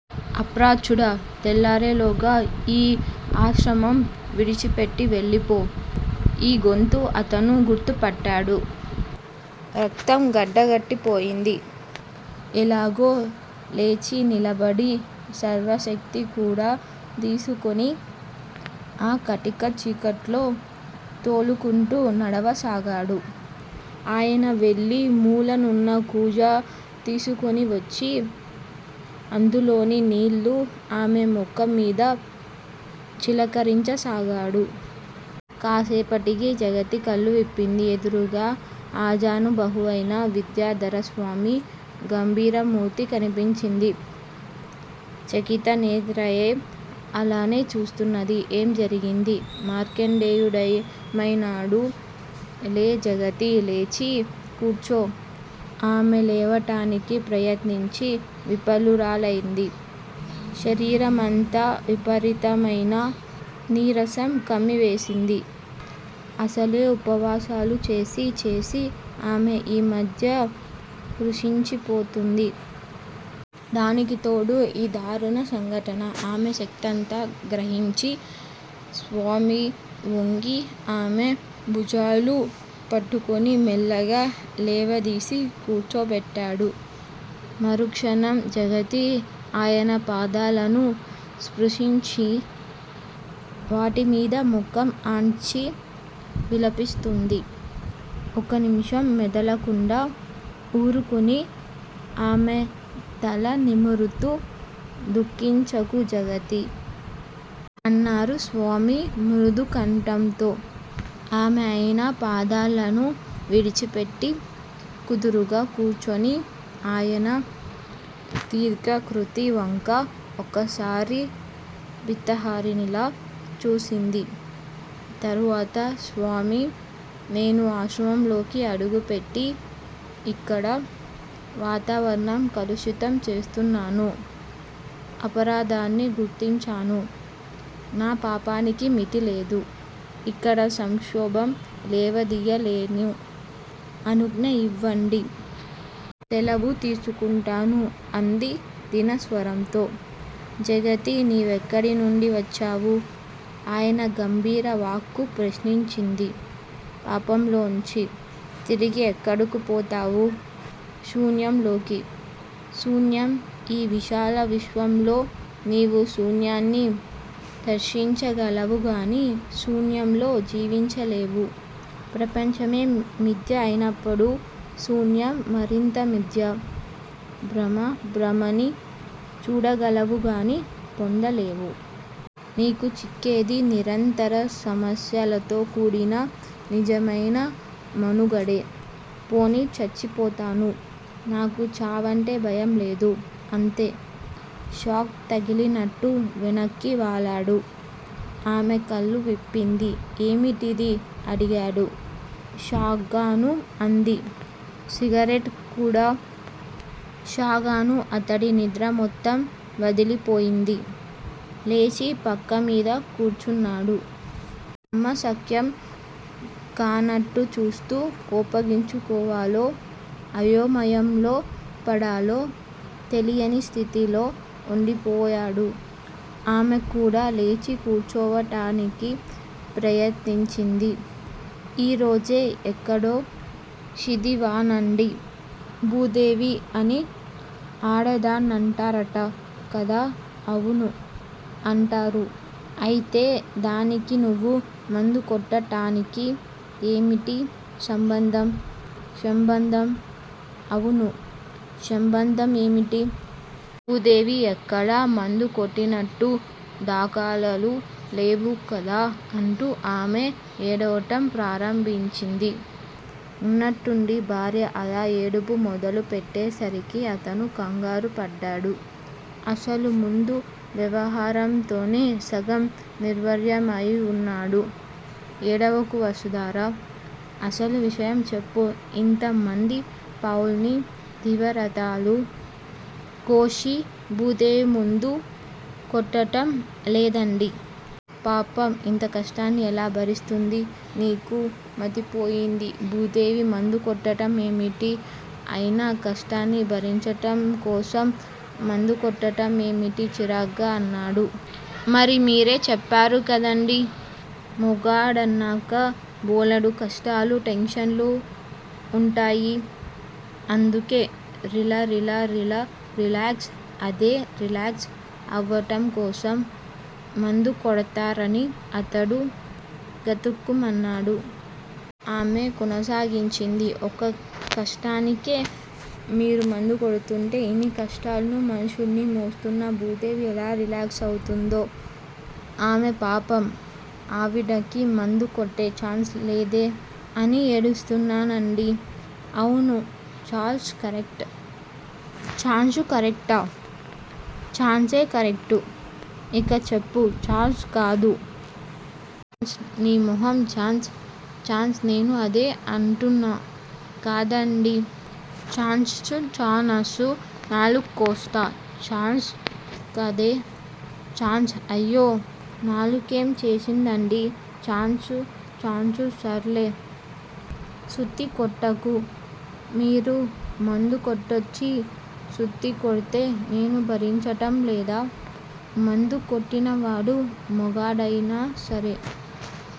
అప్రాచ్యుడా! తెల్లారే లోగా యీ ఆశ్రమం విడిచిపెట్టి వెళ్ళిపో. ఈ గొంతు అతను గుర్తుపట్టాడు. రక్తం గడ్డకట్టి పోయింది. ఎలాగో లేచి నిలబడి సర్వశక్తి కూడ దీసుకుని ఆ కటిక చీకట్లో తూలుకుంటూ నడవ సాగాడు. ఆయన వెళ్ళి మూలనున్న కూజా తీసుకుని వచ్చి, అందులోని నీళ్ళు ఆమె ముఖం మీద చిలకరించ సాగాడు. కాసేపటికి జగతి కళ్ళు విప్పింది. ఎదురుగా ఆజానుబాహువైన విద్యాధరస్వామి గంభీరమూర్తి కనిపించింది. చకిత నేత్రయై అలానే చూస్తున్నది. ఏం జరిగింది? మార్కండేయుడేమైనాడు? లే జగతీ! లేచి కూర్చో. ఆమె లేవటానికి ప్రయత్నించి విఫలురాలైంది. శరీరమంతా విపరీతమైన నీరసం క్రమ్మివేసింది. అసలే ఉపవాసాలు చేసి చేసి ఆమె ఈ మధ్య కృశించి పోతోంది. దానికి తోడు యీ దారుణ సంఘటన. ఆమె శక్తిఅంతా గ్రహించి స్వామి వొంగి ఆమె భుజాలు పట్టుకుని మెల్లిగా లేవదీసి కూర్చోపెట్టాడు. మరుక్షణం జగతి ఆయన పాదాలను స్పృశించి, వాటి మీద ముఖం ఆన్చి విలపిస్తోంది. ఒకనిముషం మెదలకుండా ఊరుకుని ఆమె తల నిమురుతూ దుఃఖించకు జగతీ! అన్నారు స్వామి మృదుకంఠంతో. ఆమె ఆయన పాదాలను విడిచిపెట్టి కుదురుగా కూర్చుని ఆయన దీర్ఘాకృతి వంక ఒకసారి భీతహరిణలా చూసింది. తరువాత స్వామీ! నేను ఆశ్రమంలోకి అడుగుపెట్టి యిక్కడ వాతావరణం కలుషితం చేస్తున్నాను. అపరాధాన్ని గుర్తించాను. నా పాపానికి మితిలేదు. ఇక్కడ సంక్షోభం లేవదియ్యలేను, అనుజ్ఞయివ్వండి. సెలవు తీసుకుంటాను అంది దీనస్వరంతో. జగతీ! నీవెక్కడి నుండి వచ్చావు? ఆయన గంభీర వాక్కు ప్రశ్నించింది. పాపంలోంచి. తిరిగి ఎక్కడకు పోతావు? శూన్యంలోకి. శూన్యం! ఈ విశాల విశ్వంలో నీవు శూన్యాన్ని దర్శించగలవుగాని శూన్యంలో జీవించలేవు. ప్రపంచమే మిధ్య అయినప్పుడు శూన్య మరింత మిధ్య, భ్రమ, భ్రమని చూడగలవుగాని పొందలేవు. నీకు చిక్కేది నిరంతర సమస్యలతో కూడిన నిజమైన మనుగడే. పోనీ చచ్చిపోతాను. నాకు చావంటే భయంలేదు. అంతే. షాక్ తగిలినట్టు వెనక్కి వాలాడు. ఆమె కళ్ళు విప్పింది. ఏమిటిది? ' అడిగాడు. షాగాను అంది. సిగరెట్ కూడా షాగాను అతడి నిద్ర మొత్తం వదిలిపోయింది. లేచి పక్కమీద కూర్చున్నాడు. నమ్మశక్యం కానట్టు చూస్తూ, కోపగించుకోవాలో, అయోమయంలో పడాలో తెలియని స్థితిలో ఉండిపోయాడు. ఆమె కూడా లేచి కూర్చోవటానికి ప్రయత్నించింది. ఈరోజే ఎక్కడో షిదివానండీ. భూదేవి అని ఆడదాన్నంటార్ట కదా అవును. అంటారు. అయితే దానికీ నువ్వు మందుకొట్టటానికీ ఏమిటి సంబంధం? షంబంధం? అవును శంబంధం ఏమిటి? భూదేవి ఎక్కడా మందుకొట్టినట్టు దాఖలాలు లేవు కదా అంటూ ఆమె ఏడవటం ప్రారంభించింది. ఉన్నట్టుండి భార్య అలా ఏడుపు మొదలు పెట్టే సరికి అతను కంగారు పడ్డాడు. అసలు మందు వ్యవహారంతోనే సగం నిర్వీర్యమయివున్నాడు. ఏడవకు వసుంధరా! అసలు విషయం చెప్పు ఇంత ముందు పాపుల్ని దివారాత్రాలు ఘోషే భూదేవి మందు కొట్టటం లేదండీ. పాపం ఇంత కష్టాన్ని ఎలా భరిస్తోంది? నీకు మతిపోయింది. భూదేవి మందు కొట్టటం ఏమిటి? అయినా కష్టాన్ని భరించటం కోసం మందుకొట్టటం ఏమిటి? చిరాగ్గా అన్నాడు. మరి మీరే చెప్పారు కదండీ. మొగాడన్నాక బోలెడు కష్టాలూ టెన్షన్లూ వుంటాయి. అందుకే రిలా రిలా రిలా రిలాక్స్ అదే రిలాక్స్ అవటం కోసం మందుకొడ్తారని అతడు గతుక్కుమన్నాడు. ఆమె కొనసాగించింది. ఒక్క కష్టానికే మీరు మందు కొడ్తుంటే, ఇన్ని కష్టాలున్న మనుషుల్ని మోస్తున్న భూదేవి ఎలా రిలాక్స్ అవుతుందో ఏమో పాపం ఆవిడకి మందు కొట్టే ఛాన్షు లేదే అని ఏడుస్తున్నానండీ. అవునూ ఛాన్సు కరెక్టా? ఛాన్షు కరెక్టా? ఛాన్సే కరెక్టు. ఇక చెప్పు ఛాన్షు కాదు. ఛాన్సు నీ మొహం ఛాన్సు. ఛాన్సు నేను అదే అంటున్నా కదండీ ఛాన్షు ఛా న్షు నాలుక్కోస్తా. ఛాన్షు కాదే. ఛాన్సు అయ్యో. నాలుకేం చేసిందండి. ఛాన్షు. ఛాన్షు సర్లే. సుత్తికొట్టకు మీరు మందు కొట్టొచ్చి సుత్తి కొడ్తే నేను భరించటం లేదా. మందు కొట్టినవాడు మొగుడయినా సరే.